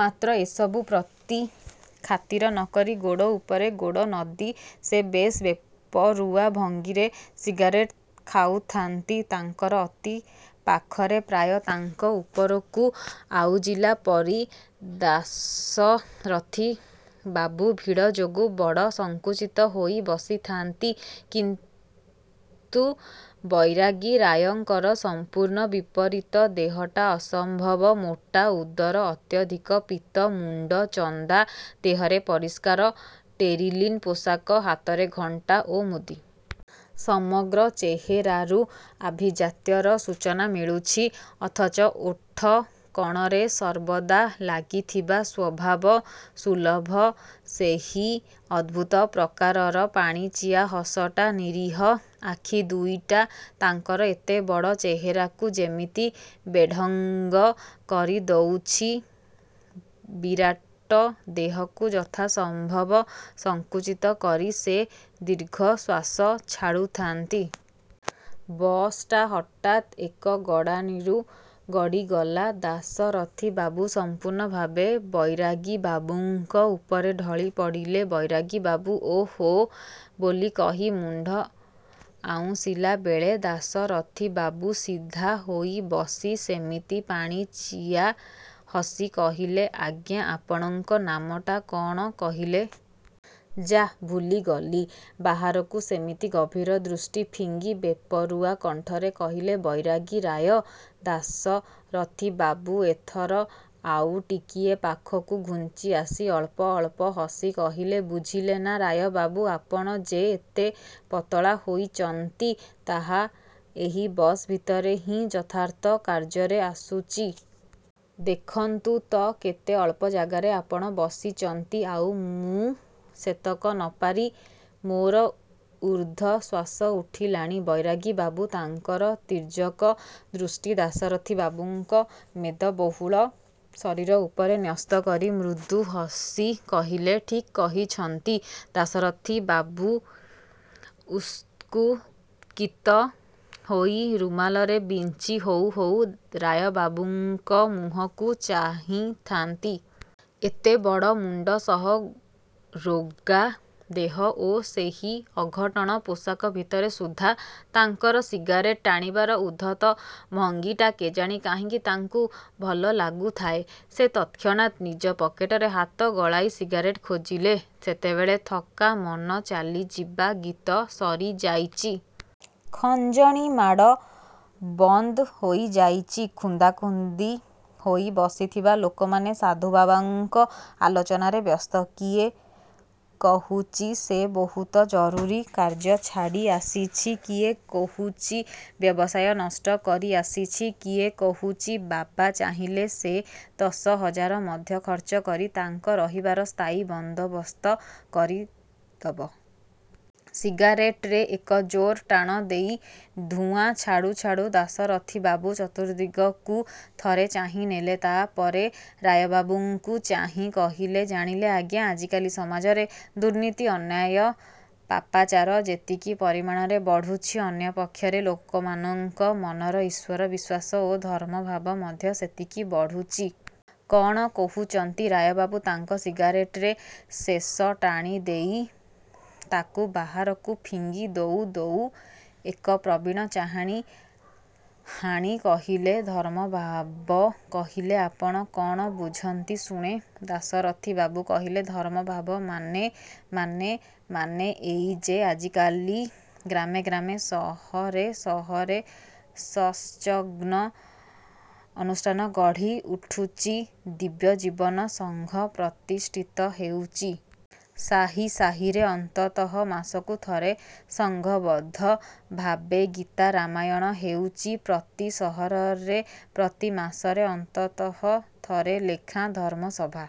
ମାତ୍ର ଏସବୁ ପ୍ରତି ଖାତିର ନକରି ଗୋଡ଼ ଉପରେ ଗୋଡ଼ ନଦି ସେ ବେଶ୍ ବେପରୁଆ ଭଙ୍ଗୀରେ ସିଗାରେଟ ଖାଉଥା'ନ୍ତି। ତାଙ୍କର ଅତି ପାଖରେ ପ୍ରାୟ ତାଙ୍କ ଉପରକୁ ଆଉଜିଲା ପରି, ଦାଶରଥିବାବୁ ଭିଡ଼ ଯୋଗୁଁ ବଡ଼ ସଙ୍କୁଚିତ ହୋଇ ବସିଥା'ନ୍ତି। କିନ୍ତୁ ବୈରାଗୀ ରାୟଙ୍କର ସମ୍ପୂର୍ଣ୍ଣ ବିପରୀତ ଦେହଟା ଅସମ୍ଭବ ମୋଟା, ଉଦର ଅତ୍ୟଧିକ ପୀତ, ମୁଣ୍ଡ ଚନ୍ଦା, ଦେହରେ ପରିଷ୍କାର ଟେରିଲିନ ପୋଷାକ, ହାତରେ ଘଣ୍ଟା ଓ ମୁଦି। ସମଗ୍ର ଚେହେରାରୁ ଆଭିଜାତ୍ୟର ସୂଚନା ମିଳୁଛି। ଅଥଚ ଓଠ କଣରେ ସର୍ବଦା ଲାଗିଥିବା ସ୍ଵଭାବ ସୁଲଭ ସେହି ଅଦ୍ଭୁତ ପ୍ରକାରର ପାଣିଚିଆ ହସଟା, ନିରୀହ ଆଖି ଦୁଇଟା ତାଙ୍କର ଏତେବଡ଼ ଚେହେରାକୁ ଯେମିତି ବେଢ଼ଙ୍ଗ କରି ଦଉଚି। ବିରାଟ ଦେହକୁ ଯଥାସମ୍ଭବ ସଙ୍କୁଚିତ କରି ସେ ଦୀର୍ଘଶ୍ୱାସ ଛାଡ଼ୁଥା'ନ୍ତି। ବସଟା ହଠାତ୍ ଏକ ଗଡ଼ାଣିରୁ ଗଡ଼ିଗଲା। ଦାଶରଥିବାବୁ ସମ୍ପୂର୍ଣ୍ଣ ଭାବେ ବୈରାଗୀବାବୁଙ୍କ ଉପରେ ଢଳି ପଡ଼ିଲେ। ବୈରାଗୀବାବୁ "ଓଃ, ହୋ" ବୋଲି କହି ମୁଣ୍ଡ ଆଉଁସିଲା ବେଳେ, ଦାଶରଥିବାବୁ ସିଧା ହୋଇ ବସି ସେମିତି ପାଣିଚିଆ ହସି କହିଲେ, "ଆଜ୍ଞା, ଆପଣଙ୍କ ନାମଟା କଣ କହିଲେ? ଯା, ଭୁଲିଗଲି।" ବାହାରକୁ ସେମିତି ଗଭୀର ଦୃଷ୍ଟି ଫିଙ୍ଗି, ବେପରୁଆ କଣ୍ଠରେ କହିଲେ, "ବୈରାଗୀ ରାୟ।"ଦାଶରଥିବାବୁ ଏଥର ଆଉ ଟିକିଏ ପାଖକୁ ଘୁଞ୍ଚିଆସି, ଅଳ୍ପ ଅଳ୍ପ ହସି କହିଲେ, "ବୁଝିଲେ ନା ରାୟବାବୁ, ଆପଣ ଯେ ଏତେ ପତଳା ହୋଇଚନ୍ତି, ତାହା ଏହି ବସ ଭିତରେ ହିଁ ଯଥାର୍ଥ କାର୍ଯ୍ୟରେ ଆସୁଚି। ଦେଖନ୍ତୁ ତ, କେତେ ଅଳ୍ପ ଜାଗାରେ ଆପଣ ବସିଚନ୍ତି, ଆଉ ମୁଁ ସେତକ ନପାରି, ମୋର ଊର୍ଦ୍ଧ୍ଵଶ୍ଵାସ ଉଠିଲାଣି।" ବୈରାଗୀବାବୁ ତାଙ୍କର ତୀର୍ଯ୍ୟକ ଦୃଷ୍ଟି, ଦାଶରଥିବାବୁଙ୍କ ମେଦବହୁଳ ଶରୀର ଉପରେ ନ୍ୟସ୍ତ କରି, ମୃଦୁ ହସି କହିଲେ, "ଠିକ୍ କହିଛନ୍ତି।" ଦାଶରଥିବାବୁ ଉସ୍କୁକିତ ହୋଇ, ରୁମାଲରେ ବିଞ୍ଚି ହଉ ହଉ ରାୟବାବୁଙ୍କ ମୁହଁକୁ ଚାହିଁଥା'ନ୍ତି। ଏତେବଡ଼ ମୁଣ୍ଡ ସହ ରୋଗା ଦେହ ଓ ସେହି ଅଘଟଣ ପୋଷାକ ଭିତରେ ସୁଦ୍ଧା, ତାଙ୍କର ସିଗାରେଟ ଟାଣିବାର ଉଦ୍ଧତ ଭଙ୍ଗୀଟା କେଜାଣି କାହିଁକି ତାଙ୍କୁ ଭଲ ଲାଗୁଥାଏ। ସେ ତତ୍କ୍ଷଣାତ୍ ନିଜ ପକେଟରେ ହାତ ଗଳାଇ ସିଗାରେଟ ଖୋଜିଲେ। ସେତେବେଳେ 'ଥକା ମନ ଚାଲି ଯିବା' ଗୀତ ସରିଯାଇଚି। ଖଞ୍ଜଣି ମାଡ଼ ବନ୍ଦ ହୋଇ ଯାଇଚି। ଖୁନ୍ଦାଖୁନ୍ଦି ହୋଇ ବସିଥିବା ଲୋକମାନେ ସାଧୁବାବାଙ୍କ ଆଲୋଚନାରେ ବ୍ୟସ୍ତ। କିଏ କହୁଚି ସେ ବହୁତ ଜରୁରୀ କାର୍ଯ୍ୟ ଛାଡ଼ି ଆସିଚି, କିଏ କହୁଚି ବ୍ୟବସାୟ ନଷ୍ଟ କରି ଆସିଚି, କିଏ କହୁଚି, ବାବା ଚାହିଁଲେ ସେ ଦଶହଜାର ମଧ୍ୟ ଖର୍ଚ୍ଚ କରି ତାଙ୍କ ରହିବାର ସ୍ଥାୟୀ ବନ୍ଦୋବସ୍ତ କରି ଦବ। ସିଗାରେଟରେ ଏକ ଜୋର ଟାଣ ଦେଇ ଧୂଆଁ ଛାଡ଼ୁ ଛାଡ଼ୁ, ଦାଶରଥିବାବୁ ଚତୁର୍ଦ୍ଦିଗକୁ ଥରେ ଚାହିଁନେଲେ, ତା' ପରେ ରାୟବାବୁଙ୍କୁ ଚାହିଁ କହିଲେ, "ଜାଣିଲେ ଆଜ୍ଞା, ଆଜିକାଲି ସମାଜରେ ଦୁର୍ନୀତି, ଅନ୍ୟାୟ, ପାପାଚାର ଯେତିକି ପରିମାଣରେ ବଢ଼ୁଚି, ଅନ୍ୟପକ୍ଷରେ ଲୋକମାନଙ୍କ ମନର ଈଶ୍ୱର ବିଶ୍ୱାସ ଓ ଧର୍ମଭାବ ମଧ୍ୟ ସେତିକି ବଢ଼ୁଚି। କ'ଣ କହୁଚନ୍ତି?" ରାୟବାବୁ ତାଙ୍କ ସିଗାରେଟରେ ଶେଷ ଟାଣି ଦେଇ, ତାକୁ ବାହାରକୁ ଫିଙ୍ଗି ଦଉ ଦଉ ଏକ ପ୍ରବୀଣ ଚାହାଣୀ ହାଣି କହିଲେ, "ଧର୍ମଭାବ କହିଲେ ଆପଣ କ'ଣ ବୁଝନ୍ତି ଶୁଣେ?" ଦାଶରଥିବାବୁ କହିଲେ, "ଧର୍ମଭାବ ମାନେ, ମାନେ, ମାନେ ଏଇଯେ ଆଜିକାଲି ଗ୍ରାମେ ଗ୍ରାମେ ସହରେ ସହରେ ସସ୍ଚଘ୍ନ ଅନୁଷ୍ଠାନ ଗଢ଼ି ଉଠୁଚି, ଦିବ୍ୟଜୀବନ ସଂଘ ପ୍ରତିଷ୍ଠିତ ହେଉଛି। ସାହି ସାହିରେ ଅନ୍ତତଃ ମାସକୁ ଥରେ ସଂଘବଦ୍ଧ ଭାବେ ଗୀତା-ରାମାୟଣ ହେଉଛି। ପ୍ରତି ସହରରେ, ପ୍ରତି ମାସରେ ଅନ୍ତତଃ ଥରେ ଲେଖାଁ ଧର୍ମ ସଭା"